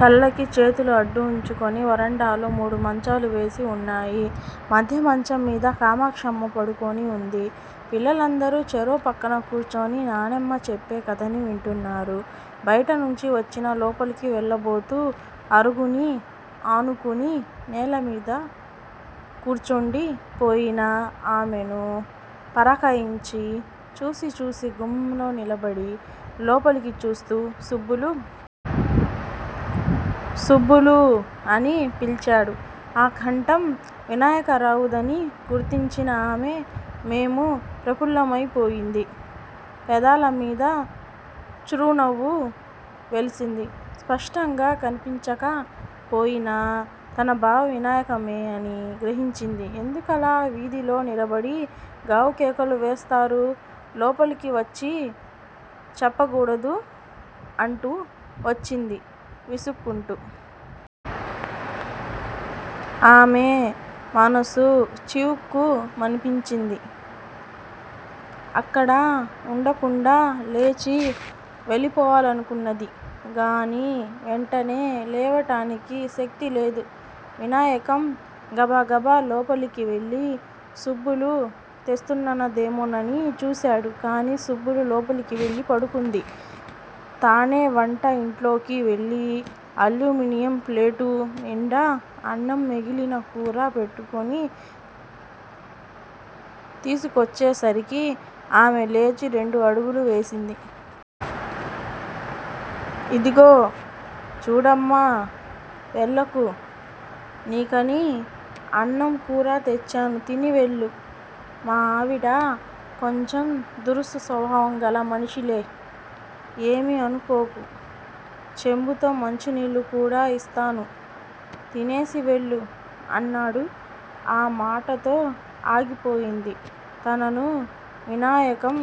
కళ్ళకి చేతులు అడ్డు వుంచుకుని! వరండాలో మూడు మంచాలు వేసి వున్నాయి మధ్య మంచం మీద కామాక్షమ్మ పడుకుని వుంది. పిల్లలందరూ చెరో పక్కనా కూర్చుని నానమ్మ చెప్పే కథని వింటున్నారు బైట నుంచి వచ్చి లోపలికి వెళ్ళబోతూ అరుగుని ఆనుకుని నేలమీద కూర్చుండి పోయిన ఆమెను పరకాయించి చూసి చూసి గుమ్ములో నిలబడి లోపలికి చూస్తూ- సుబ్బులూ! సుబ్బులూ! అని పిలిచాడు. ఆ కంఠం వినాయకరావుదని గుర్తించిన ఆమె మోము ప్రపుల్లమయిపోయింది. పెదాల మీద చ్రునవ్వు వెలిసింది. స్పష్టంగా కనిపించక పోయినా తన బావ వినాయకమే అని గ్రహించింది. ఎందుకలా వీధిలో నిలబడి గావుకేకలు వేస్తారు? లోపలికి వచ్చి చెప్పకూడదూ? అంటూ వచ్చింది విసుక్కుంటూ! ఆమె మనసు చివుక్కుమనిపించింది. అక్కడ వుండకుండా లేచి వెళ్లిపోవాలనుకున్నది గాని వెంటనే లేవటానికి శక్తి లేదు! వినాయకం గబగబా లోపలికి వెళ్ళి సుబ్బులు తెస్తున్నదేమోనని చూశాడు. కాని సుబ్బులు లోపలికి వెళ్ళి పడుకుంది. తనే వంట ఇంటిలోకి వెళ్ళి అల్యూమినియం ప్లేటు నిండా అన్నం, మిగిలిన కూరా పెట్టుకుని తీసుకొచ్చేసరికి ఆమె లేచి రెండు అడుగులు వేసింది. ఇదిగో! చూడమ్మా! వెళ్ళకు! నీకని అన్నం కూరా తెచ్చాను తిని వెళ్ళు! మా ఆవిడ కొంచెం దురుసు స్వభావం గల మనిషిలే! ఏమీ అనుకోకు! చెంబుతో మంచినీళ్ళు కూడా యిస్తాను. తినేసి వెళ్ళు! అన్నాడు. ఆ మాటతో ఆగిపోయింది. తనను వినాయకం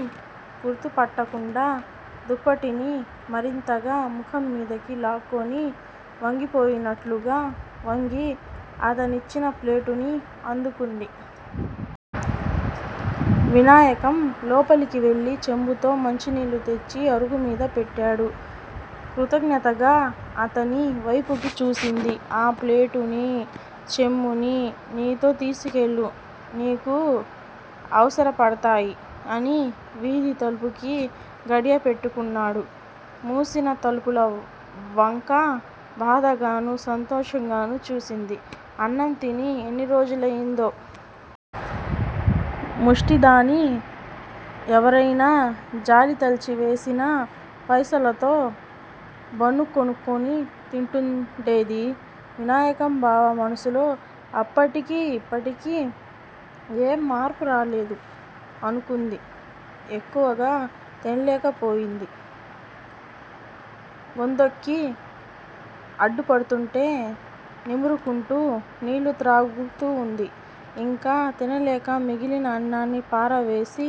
గుర్తు పట్టకుండా దుప్పటిని మరింతగా ముఖం మీదకి లాక్కుని వంగిపోయినట్లుగా వంగి అతనిచ్చిన ప్లేటుని అందుకుంది. వినాయకం లోపలికి వెళ్ళి చెంబుతో మంచినీళ్ళు తెచ్చి అరుగుమీద పెట్టాడు. కృతజ్ఞతగా అతని వైపుకి చూసింది ఆ ప్లేటుని చెంబుని నీతో తీసుకెళ్ళు! నీకు అవసర పడతాయి! అని వీధి తలుపుకి గడియ పెట్టుకున్నాడు. మూసినా తలుపుల వంక బాధగానూ, సంతోషంగానూ చూసింది. అన్నంతిని ఎన్నిరోజులయిందో? ముష్టిదాని ఎవరయినా జాలి తలిచి వేసిన పైసలుతో బన్నుకొనుక్కుని తింటుండేది! వినాయకంబావ మనసులో అప్పటికీ ఇప్పటికీ ఏం మార్పురాలేదు! అనుకుంది. ఎక్కువ తినలేకపోయింది. గొంతుక్కి అడ్డుపడుతుంటే నిమురుకుంటూ నీళ్ళుత్రాగుతూవుంది. యింక తినలేక మిగిలిన అన్నాన్ని పారవేసి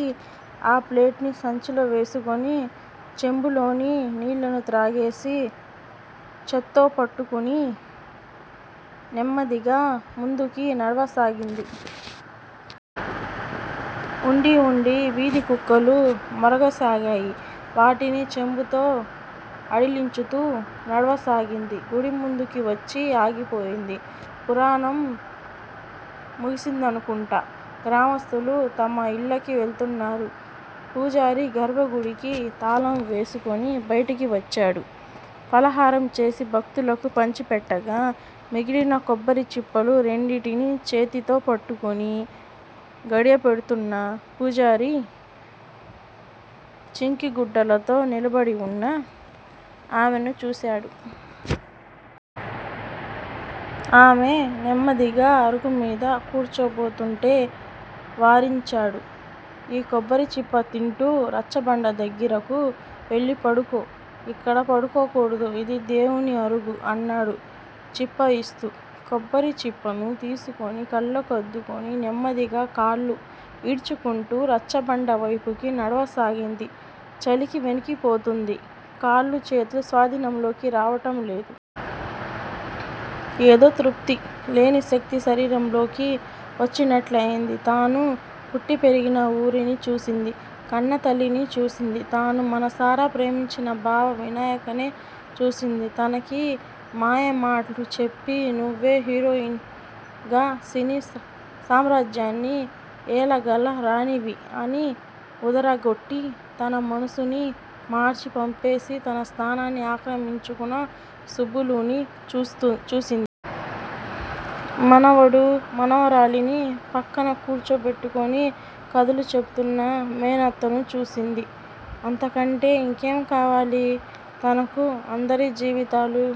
ఆ ప్లేటుని సంచిలోవేసుకుని చెంబులోని నీళ్ళనుత్రాగేసి చేత్తో పట్టుకుని నెమ్మదిగా ముందుకి నడవసాగింది. వుండీవుండీ వీధికుక్కలు మొరగసాగాయి. వాటిని చెంబుతో అడిలించుతూ నడవసాగింది. గుడిముందుకివచ్చి ఆగిపోయింది. పురాణం ముగుసిందనుకుంటా! గ్రామస్తులు తమ ఇళ్ళకి వెళుతున్నారు. పూజారి గర్భగుడికి తాళం వేసుకుని బయటికి వచ్చాడు. ఫలహారంచేసి భక్తులకు పంచిపెట్టగా మిగిలిన కొబ్బరిచిప్పలు రెండింటిని చేతితోపట్టుకుని గడియపెడుతున్న పూజారి చింకిగుడ్డలతో నిలబడివున్న ఆమెను చూశాడు. ఆమె నెమ్మదిగా అరుగుమీద కూర్చోబోతుంటే వారించాడు. ఈ కొబ్బరిచిప్ప తింటూ రచ్చబండ దగ్గిరకు వెళ్ళి పడుకో! యిక్కడ పడుకోకూడదు. యిది దేవుని అరుగు! అన్నాడు చిప్పయిస్తూ! కొబ్బరిచిప్పను తీసుకుని కళ్ళకు అద్దుకుని నెమ్మదిగా కాళ్ళు ఈడ్చుకుంటూ రచ్చబండవైపుకి నడవసాగింది. చలికి వణికిపోతోంది! కాళ్ళూ, చేతులూ స్వాధీనంలోకి రావటంలేదు! ఏదో తృప్తి! లేనిశక్తి శరీరంలోకి వచ్చినట్లయింది! తను పుట్టిపెరిగిన ఊరుని చూసింది. కన్నతల్లినిచూసింది. తను మనసారా ప్రేమించినబావ వినాయకనై చూసింది. తనకి మాయమాటలు చెప్పి నువ్వే హీరోయిన్ గా సినీ సామ్రాజ్యాన్ని ఏలగల రాణివి! అని ఊదరగొట్టి తన మనసునిమార్చి పంపేసి తన స్థానాన్ని ఆక్రమించుకున సుబ్బులుని చూసి మనవడు, మనవరాలిని పక్కన కూర్చోబెట్టుకుని కథలుచెపుతున్న మేనత్తను చూసింది. అంతకంటే యింకేంకావాలి తనకు? అందరి జీవితాలూ